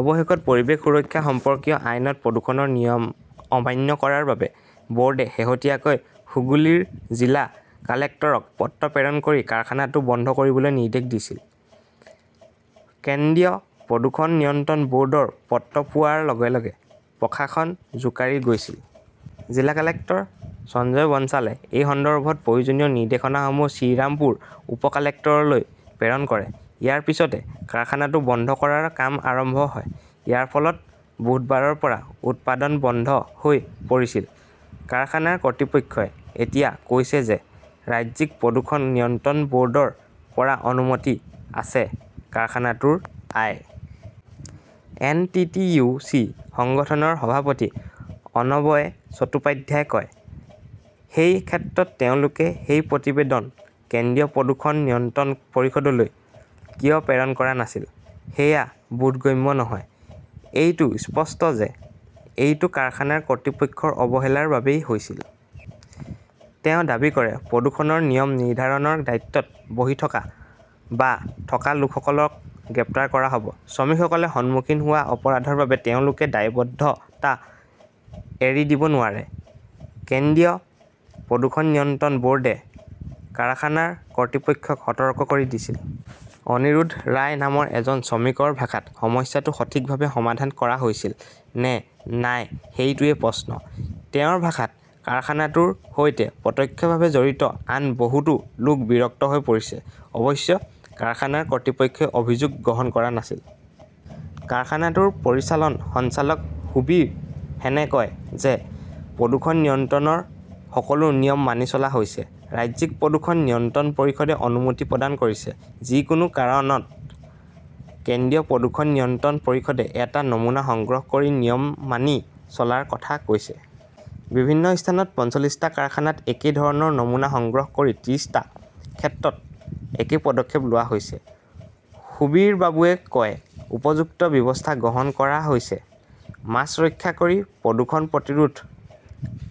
অৱশেষত পৰিৱেশ সুৰক্ষা সম্পৰ্কীয় আইনত প্ৰদূষণৰ নিয়ম অমান্য কৰাৰ বাবে বৰ্ডে শেহতীয়াকৈ হুগলীৰ জিলা কালেক্টৰক পত্ৰ প্ৰেৰণ কৰি কাৰখানাটো বন্ধ কৰিবলৈ নিৰ্দেশ দিছিল। কেন্দ্ৰীয় প্ৰদূষণ নিয়ন্ত্ৰণ বৰ্ডৰ পত্ৰ পোৱাৰ লগে লগে প্ৰশাসন জোকাৰি গৈছিল। জিলা কালেক্টৰ সঞ্জয় বনছালে এই সন্দৰ্ভত প্ৰয়োজনীয় নিৰ্দেশনাসমূহ শ্ৰীৰামপুৰ উপ-কালেক্টৰলৈ প্ৰেৰণ কৰে। ইয়াৰ পিছতে কাৰখানাটো বন্ধ কৰাৰ কাম আৰম্ভ হয়। ইয়াৰ ফলত বুধবাৰৰ পৰা উৎপাদন বন্ধ হৈ পৰিছিল। কাৰখানাৰ কৰ্তৃপক্ষই এতিয়া কৈছে যে ৰাজ্যিক প্ৰদূষণ নিয়ন্ত্ৰণ বৰ্ডৰ পৰা অনুমতি আছে কাৰখানাটোৰ I. N. T. T. U. C. সংগঠনৰ সভাপতি অনবয় চট্টোপাধ্যায়ই কয়। সেই ক্ষেত্ৰত তেওঁলোকে সেই প্ৰতিবেদন কেন্দ্ৰীয় প্ৰদূষণ নিয়ন্ত্ৰণ পৰিষদলৈ কিয় প্ৰেৰণ কৰা নাছিল সেয়া বোধগম্য নহয়। এইটো স্পষ্ট যে এইটো কাৰখানাৰ কৰ্তৃপক্ষৰ অৱহেলাৰ বাবেই হৈছিল। তেওঁ দাবী কৰে, প্ৰদূষণৰ নিয়ম নিৰ্ধাৰণৰ দায়িত্বত থকা বা থকা লোকসকলক গ্ৰেপ্তাৰ কৰা হ'ব। শ্ৰমিকসকলে সন্মুখীন হোৱা অপৰাধৰ বাবে তেওঁলোকে দায়বদ্ধতা এৰি দিব নোৱাৰে। কেন্দ্ৰীয় প্ৰদূষণ নিয়ন্ত্ৰণ বৰ্ডে কাৰখানাৰ কৰ্তৃপক্ষক সতৰ্ক কৰি দিছিল। অনিৰোধ ৰায় নামৰ এজন শ্ৰমিকৰ ভাষাত সমস্যাটো সঠিকভাৱে সমাধান কৰা হৈছিল নে নাই সেইটোৱেই প্ৰশ্ন। তেওঁৰ ভাষাত কাৰখানাটোৰ সৈতে প্ৰত্যক্ষভাৱে জড়িত আন বহুতো লোক বিৰক্ত হৈ পৰিছে। অৱশ্যে কাৰখানাৰ কৰ্তৃপক্ষই অভিযোগ গ্ৰহণ কৰা নাছিল। কাৰখানাটোৰ পৰিচালন সঞ্চালক সুবীৰ সেনে কয় যে, প্ৰদূষণ নিয়ন্ত্ৰণৰ সকলো নিয়ম মানি চলা হৈছে। ৰাজ্যিক প্ৰদূষণ নিয়ন্ত্ৰণ পৰিষদে অনুমতি প্ৰদান কৰিছে। যিকোনো কাৰণত কেন্দ্ৰীয় প্ৰদূষণ নিয়ন্ত্ৰণ পৰিষদে এটা নমুনা সংগ্ৰহ কৰি নিয়ম মানি চলাৰ কথা কৈছে। বিভিন্ন স্থানত পঞ্চলিছটা কাৰখানাত একে ধৰণৰ নমুনা সংগ্ৰহ কৰি ত্ৰিশটা ক্ষেত্ৰত একে পদক্ষেপ লোৱা হৈছে। সুবীৰবাবুৱে কয়, উপযুক্ত ব্যৱস্থা গ্ৰহণ কৰা হৈছে। । মাছ ৰক্ষা কৰি প্ৰদূষণ প্ৰতিৰোধ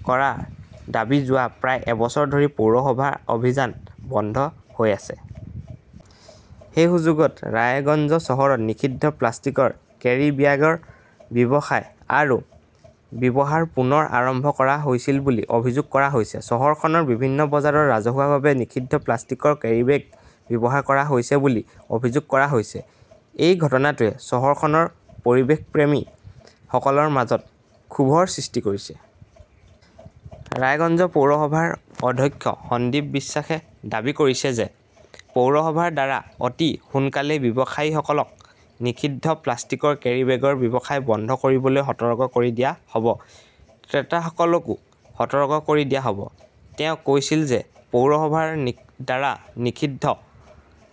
কৰাৰ দাবী যোৱা প্ৰায় এবছৰ ধৰি পৌৰসভাৰ অভিযান বন্ধ হৈ আছে। সেই সুযোগত ৰায়গঞ্জ চহৰত নিষিদ্ধ প্লাষ্টিকৰ কেৰিব্যাগৰ ব্যৱসায় আৰু ব্যৱহাৰ পুনৰ আৰম্ভ কৰা হৈছিল বুলি অভিযোগ কৰা হৈছে। চহৰখনৰ বিভিন্ন বজাৰত ৰাজহুৱাভাৱে নিষিদ্ধ প্লাষ্টিকৰ কেৰীবেগ ব্যৱহাৰ কৰা হৈছে বুলি অভিযোগ কৰা হৈছে। এই ঘটনাটোৱে চহৰখনৰ পৰিৱেশপ্ৰেমী সকলৰ মাজত ক্ষোভৰ সৃষ্টি কৰিছে। ৰায়গঞ্জ পৌৰসভাৰ অধ্যক্ষ সন্দীপ বিশ্বাসে দাবী কৰিছে যে পৌৰসভাৰ দ্বাৰা অতি সোনকালেই ব্যৱসায়ীসকলক নিষিদ্ধ প্লাষ্টিকৰ কেৰিবেগৰ ব্যৱসায় বন্ধ কৰিবলৈ সতৰ্ক কৰি দিয়া হ 'ব। ক্ৰেতাসকলকো সতৰ্ক কৰি দিয়া হ'ব। তেওঁ কৈছিল যে পৌৰসভাৰ দ্বাৰা নিষিদ্ধ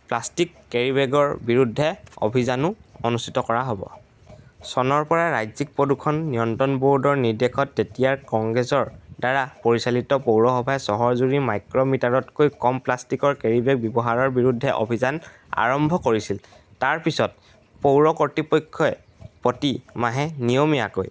প্লাষ্টিক কেৰিবেগৰ বিৰুদ্ধে অভিযানও অনুষ্ঠিত কৰা হব । চনৰ পৰা ৰাজ্যিক প্ৰদূষণ নিয়ন্ত্ৰণ বৰ্ডৰ নিৰ্দেশত তেতিয়াৰ কংগ্ৰেছৰ দ্বাৰা পৰিচালিত পৌৰসভাই চহৰজুৰি মাইক্ৰ' মিটাৰতকৈ কম প্লাষ্টিকৰ কেৰিবেগ ব্যৱহাৰৰ বিৰুদ্ধে অভিযান আৰম্ভ কৰিছিল। তাৰ পিছত পৌৰ কৰ্তৃপক্ষই প্ৰতি মাহে নিয়মীয়াকৈ